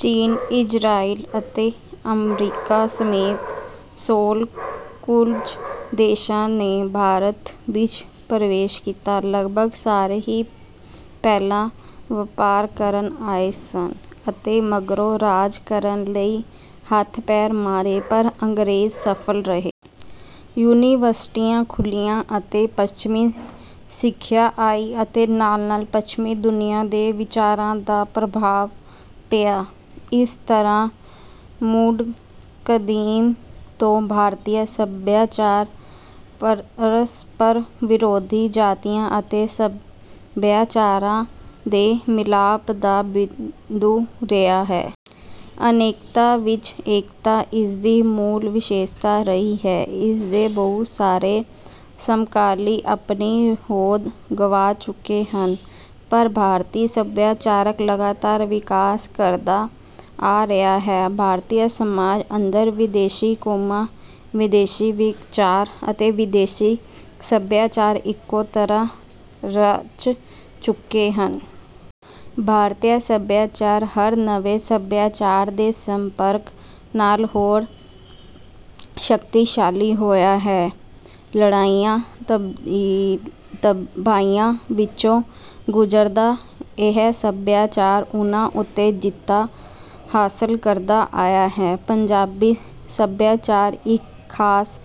ਚੀਨ, ਇਜ਼ਰਾਈਲ ਅਤੇ ਅਮਰੀਕਾ ਸਮੇਤ ਸੋਲ੍ਹ ਕੁਝ ਦੇਸ਼ਾਂ ਨੇ ਭਾਰਤ ਵਿੱਚ ਪ੍ਰਵੇਸ਼ ਕੀਤਾ। ਲਗਭਗ ਸਾਰੇ ਹੀ ਪਹਿਲਾਂ ਵਪਾਰ ਕਰਨ ਆਏ ਸਨ ਤੇ ਮਗਰੋਂ ਰਾਜ ਕਰਨ ਲਈ ਹੱਥ ਪੈਰ ਮਾਰੇ। ਪਰ ਅੰਗ੍ਰੇਜ਼ ਸਫ਼ਲ ਰਹੇ। ਯੂਨੀਵਰਸਿਟੀਆਂ ਖੁੱਲ੍ਹੀਆਂ, ਅਤੇ ਪੱਛਮੀ ਸਿੱਖਿਆ ਆਈ ਅਤੇ ਨਾਲ-ਨਾਲ ਪੱਛਮੀ ਦੁਨੀਆਂ ਦੇ ਵਿਚਾਰਾਂ ਦਾ ਪ੍ਰਭਾਵ ਪਿਆ। ਇਸ ਤਰ੍ਹਾਂ ਮੁੱਢ ਕਦੀਮ ਤੋਂ ਭਾਰਤੀ ਸੱਭਿਆਚਾਰ ਪਰਸਪਰ ਵਿਰੋਧੀ ਜਾਤੀਆਂ ਅਤੇ ਸੱਭਿਆਚਾਰਾਂ ਦੇ ਮਿਲਾਪ ਦਾ ਬਿੰਦੂ ਰਿਹਾ ਹੈ। ਅਨੇਕਤਾ ਵਿੱਚ ਏਕਤਾ ਇਸਦੀ ਮੂਲ ਵਿਸ਼ੇਸ਼ਤਾ ਰਹੀ ਹੈ। ਇਸ ਦੇ ਬਹੁਤ ਸਾਰੇ ਸਮਕਾਲੀ ਆਪਣੀ ਹੋਂਦ ਗਵਾ ਚੁੱਕੇ ਹਨ। ਪਰ ਭਾਰਤੀ ਸੱਭਿਆਚਾਰ ਲਗਾਤਾਰ ਵਿਕਾਸ ਕਰਦਾ ਆ ਰਿਹਾ ਹੈ। ਭਾਰਤੀ ਸਮਾਜ ਅੰਦਰ ਵਿਦੇਸ਼ੀ ਕੌਮਾਂ, ਵਿਦੇਸ਼ੀ ਵਿਚਾਰ, ਤੇ ਵਿਦੇਸ਼ੀ ਸੱਭਿਆਚਾਰ ਇੱਕੋ ਤਰ੍ਹਾਂ ਰਚ ਚੁੱਕੇ ਹਨ। ਭਾਰਤੀ ਸੱਭਿਆਚਾਰ ਹਰ ਨਵੇਂ ਸੱਭਿਆਚਾਰ ਦੇ ਸੰਪਰਕ ਨਾਲ ਹੋਰ ਸ਼ਕਤੀਸ਼ਾਲੀ ਹੋਇਆ ਹੈ। ਲੜਾਈਆਂ ਤਬਾਹੀਆਂ ਵਿੱਚੋਂ ਗੁਜ਼ਰਦਾ ਇਹ ਸੱਭਿਆਚਾਰ ਉਨ੍ਹਾਂ ਉੱਤੇ ਜਿੱਤਾਂ ਹਾਸਲ ਕਰਦਾ ਆਇਆ ਹੈ। ਪੰਜਾਬੀ ਸੱਭਿਆਚਾਰ ਇੱਕ ਖਾਸ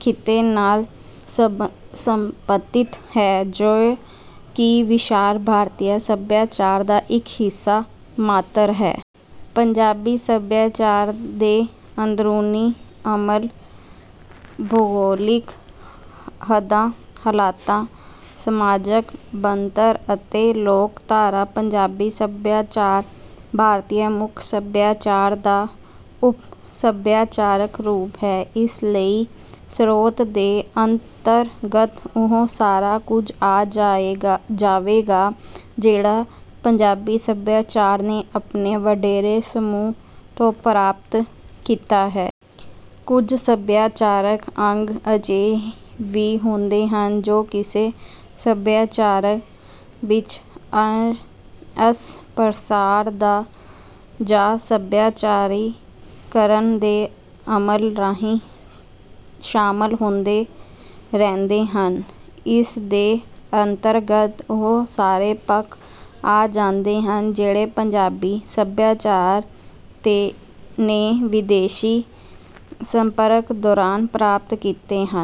ਖਿੱਤੇ ਨਾਲ ਸੰਬੰਧਿਤ ਹੈ ਜੋ ਕਿ ਵਿਸ਼ਾਲ ਭਾਰਤੀ ਸੱਭਿਆਚਾਰ ਦਾ ਇੱਕ ਹਿੱਸਾ ਮਾਤਰ ਹੈ। ਪੰਜਾਬੀ ਸੱਭਿਆਚਾਰ ਦੇ ਅੰਦਰੂਨੀ ਅਮਲ, ਭੂਗੋਲਿਕ ਹੱਦਾਂ-ਹਲਾਤਾਂ, ਸਮਾਜਕ ਬਣਤਰ ਅਤੇ ਲੋਕਧਾਰਾ। ਪੰਜਾਬੀ ਸੱਭਿਆਚਾਰ ਭਾਰਤੀ ਮੁੱਖ ਸੱਭਿਆਚਾਰ ਦਾ ਉਪ-ਸੱਭਿਆਚਾਰਕ ਰੂਪ ਹੈ। ਇਸ ਲਈ ਸਰੋਤ ਦੇ ਅੰਤਰਗਤ ਉਹ ਸਾਰਾ ਕੁਝ ਆ ਜਾਵੇਗਾ ਜਿਹੜਾ ਪੰਜਾਬੀ ਸੱਭਿਆਚਾਰ ਨੇ ਆਪਣੇ ਵਡੇਰੇ ਸਮੂਹ ਤੋਂ ਪ੍ਰਾਪਤ ਕੀਤਾ ਹੈ। ਕੁਝ ਸੱਭਿਆਚਾਰਕ ਅੰਗ ਅਜਿਹੇ ਵੀ ਹੁੰਦੇ ਹਨ ਜੋ ਕਿਸੇ ਸੱਭਿਆਚਾਰ ਵਿੱਚ ਅੰਸ਼-ਪਸਾਰ ਜਾਂ ਸੱਭਿਆਚਾਰੀਕਰਨ ਦੇ ਅਮਲ ਰਾਹੀਂ ਸ਼ਾਮਲ ਹੁੰਦੇ ਰਹਿੰਦੇ ਹਨ। ਇਸ ਦੇ ਅੰਤਰਗਤ ਉਹ ਸਾਰੇ ਪੱਖ ਆ ਜਾਂਦੇ ਹਨ ਜਿਹੜੇ ਪੰਜਾਬੀ ਸੱਭਿਆਚਾਰ ਨੇ ਵਿਦੇਸ਼ੀ ਸੰਪਰਕ ਦੌਰਾਨ ਪ੍ਰਾਪਤ ਕੀਤੇ ਹਨ।